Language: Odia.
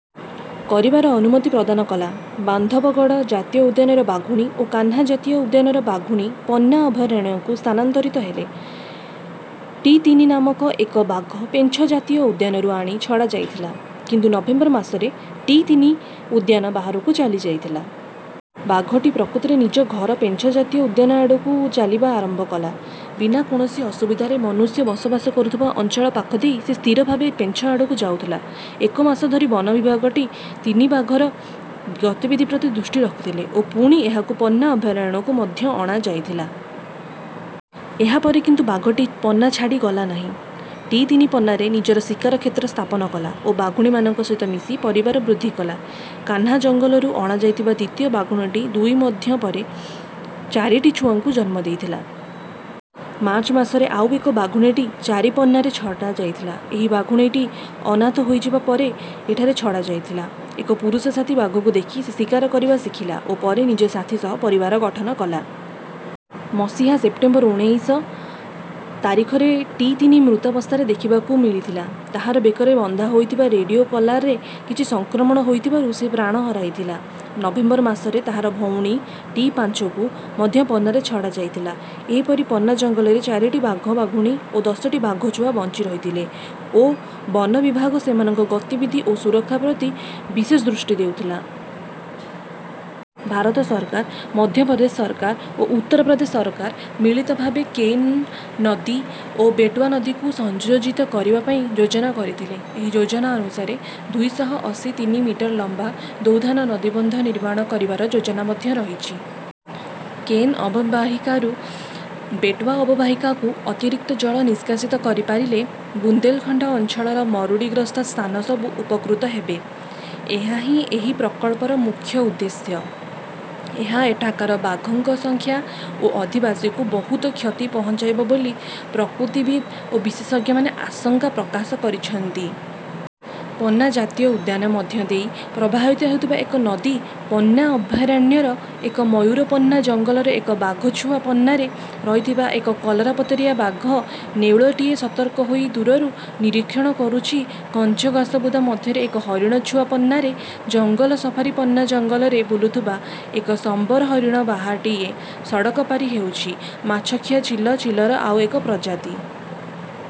କରିବାର ଅନୁମତି ପ୍ରଦାନ କଲା। ବାନ୍ଧବଗଡ଼ ଜାତୀୟ ଉଦ୍ୟାନର ବାଘୁଣୀ ଓ କାହ୍ନା ଜାତୀୟ ଉଦ୍ୟାନର ବାଘୁଣୀ ପନ୍ନା ଅଭୟାରଣ୍ୟକୁ ସ୍ଥାନାନ୍ତରିତ ହେଲେ। ଟି ତିନି ନାମକ ଏକ ବାଘ ପେଞ୍ଚ ଜାତୀୟ ଉଦ୍ୟାନରୁ ଆଣି ଛଡ଼ାଯାଇଥିଲା। କିନ୍ତୁ ନଭେମ୍ବର ମାସରେ ଟି ତିନି ଉଦ୍ୟାନ ବାହାରକୁ ଚାଲି ଯାଇଥିଲା। ବାଘଟି ପ୍ରକୃତରେ ନିଜ ଘର ପେଞ୍ଚ ଜାତୀୟ ଉଦ୍ୟାନ ଆଡ଼କୁ ଚାଲିବା ଆରମ୍ଭ କଲା। ବିନା କୌଣସି ଅସୁବିଧାରେ ମନୁଷ୍ୟ ବସବାସ କରୁଥିବା ଅଞ୍ଚଳ ପାଖ ଦେଇ ସେ ସ୍ଥିର ଭାବେ ପେଞ୍ଚ ଆଡ଼କୁ ଯାଉଥିଲା। ଏକ ମାସ ଧରି ବନ ବିଭାଗ ଟି ତିନି ବାଘର ଗତିବିଧି ପ୍ରତି ଦୃଷ୍ଟି ରଖିଥିଲେ ଓ ପୁଣି ଏହାକୁ ପନ୍ନା ଅଭୟାରଣ୍ୟ ମଧ୍ୟକୁ ଅଣାଯାଇଥିଲା। ଏହା ପରେ କିନ୍ତୁ ବାଘଟି ପନ୍ନା ଛାଡ଼ି ଗଲା ନାହିଁ। ଟି ତିନି ପନ୍ନାରେ ନିଜର ଶିକାର କ୍ଷେତ୍ର ସ୍ଥାପନ କଲା ଓ ବାଘୁଣୀମାନଙ୍କ ସହିତ ମିଶି ପରିବାର ବୃଦ୍ଧି କଲା। କାହ୍ନା ଜଙ୍ଗଲରୁ ଅଣାଯାଇଥିବା ଦ୍ୱିତୀୟ ବାଘୁଣୀ ଟି ଦୁଇ ମଧ୍ୟ ପରେ ଚାରିଟି ଛୁଆଙ୍କୁ ଜନ୍ମ ଦେଇଥିଲା। ମାର୍ଚ୍ଚ ମାସରେ ଆଉ ଏକ ବାଘୁଣୀ ଟି ଚାରି ପନ୍ନାରେ ଛଡ଼ାଯାଇଥିଲା। ଏହି ବାଘୁଣୀଟି ଅନାଥ ହୋଇଯିବା ପରେ ଏଠାରେ ଛଡ଼ାଯାଇଥିଲା। ଏକ ପୁରୁଷ ସାଥୀ ବାଘକୁ ଦେଖି ସେ ଶିକାର କରିବା ଶିଖିଲା ଓ ପରେ ନିଜ ସାଥୀ ସହ ପରିବାର ଗଠନ କଲା। ମସିହା ସେପ୍ଟେମ୍ବର ଉନେଇଶ ତାରିଖରେ ଟି ତିନି ମୃତବସ୍ଥାରେ ଦେଖିବାକୁ ମିଳିଥିଲା। ତାହାର ବେକରେ ବନ୍ଧା ହୋଇଥିବା ରେଡିଓ କଲାରରେ କିଛି ସଂକ୍ରମଣ ହୋଇଥିବାରୁ ସେ ପ୍ରାଣ ହରାଇଥିଲା। ନଭେମ୍ବର ମାସରେ ତାହାର ଭଉଣୀ ଟି ପାଞ୍ଚକୁ ମଧ୍ୟ ପନ୍ନାରେ ଛଡ଼ା ଯାଇଥିଲା। ଏହିପରି ପନ୍ନା ଜଙ୍ଗଲରେ ଚାରିଟି ବାଘ ବାଘୁଣୀ ଓ ଦଶଟି ବାଘଛୁଆ ବଞ୍ଚି ରହିଥିଲେ ଓ ବନ ବିଭାଗ ସେମାନଙ୍କ ଗତିବିଧି ଓ ସୁରକ୍ଷା ପ୍ରତି ବିଶେଷ ଦୃଷ୍ଟି ଦେଉଥିଲା। ଭାରତ ସରକାର, ମଧ୍ୟ ପ୍ରଦେଶ ସରକାର ଓ ଉତ୍ତର ପ୍ରଦେଶ ସରକାର ମିଳିତ ଭାବେ କେନ୍ ନଦୀ ଓ ବେଟୱା ନଦୀକୁ ସଂଯୋଜିତ କରିବା ପାଇଁ ଯୋଜନା କରିଥିଲେ। ଏହି ଯୋଜନା ଅନୁସାରେ ଦୁଇ ଶହ ଅଶୀ ତିନି ମିଟର ଲମ୍ବା ଦୌଧାନ ନଦୀବନ୍ଧ ନିର୍ମାଣ କରିବାର ଯୋଜନା ମଧ୍ୟ ରହିଛି। କେନ୍ ଅବବାହିକାରୁ ବେଟୱା ଅବବାହିକାକୁ ଅତିରିକ୍ତ ଜଳ ନିଷ୍କାସିତ କରିପାରିଲେ ବୁନ୍ଦେଲଖଣ୍ଡ ଅଞ୍ଚଳର ମରୁଡ଼ିଗ୍ରସ୍ତ ସ୍ଥାନ ସବୁ ଉପକୃତ ହେବେ। ଏହା ହିଁ ଏହି ପ୍ରକଳ୍ପର ମୁଖ୍ୟ ଉଦ୍ଦେଶ୍ୟ। ଏହା ଏଠାକାର ବାଘଙ୍କ ସଂଖ୍ୟା ଓ ଅଧିବାସକୁ ବହୁତ କ୍ଷତି ପହଞ୍ଚାଇବ ବୋଲି ପ୍ରକୃତିବିଦ ଓ ବିଶେଷଜ୍ଞମାନେ ଆଶଙ୍କା ପ୍ରକାଶ କରିଛନ୍ତି। ପନ୍ନା ଜାତୀୟ ଉଦ୍ୟାନ ମଧ୍ୟ ଦେଇ ପ୍ରବାହିତ ହେଉଥିବା ଏକ ନଦୀ ପନ୍ନା ଅଭୟାରଣ୍ୟର ଏକ ମୟୂର ପନ୍ନା ଜଙ୍ଗଲର ଏକ ବାଘ ଛୁଆ ପନ୍ନାରେ ରହିଥିବା ଏକ କଲରାପତରିଆ ବାଘ ନେଉଳଟିଏ ସତର୍କ ହୋଇ ଦୂରରୁ ନିରୀକ୍ଷଣ କରୁଛି ଘଞ୍ଚ ଘାସବୁଦା ମଧ୍ୟରେ ଏକ ହରିଣ ଛୁଆ ପନ୍ନାରେ ଜଙ୍ଗଲ ସଫାରୀ ପନ୍ନା ଜଙ୍ଗଲରେ ବୁଲୁଥିବା ଏକ ସମ୍ବର ହରିଣ ବାର୍ହାଟିଏ ସଡ଼କ ପାରି ହେଉଛି ମାଛଖିଆ ଚିଲ ଚିଲର ଆଉ ଏକ ପ୍ରଜାତି।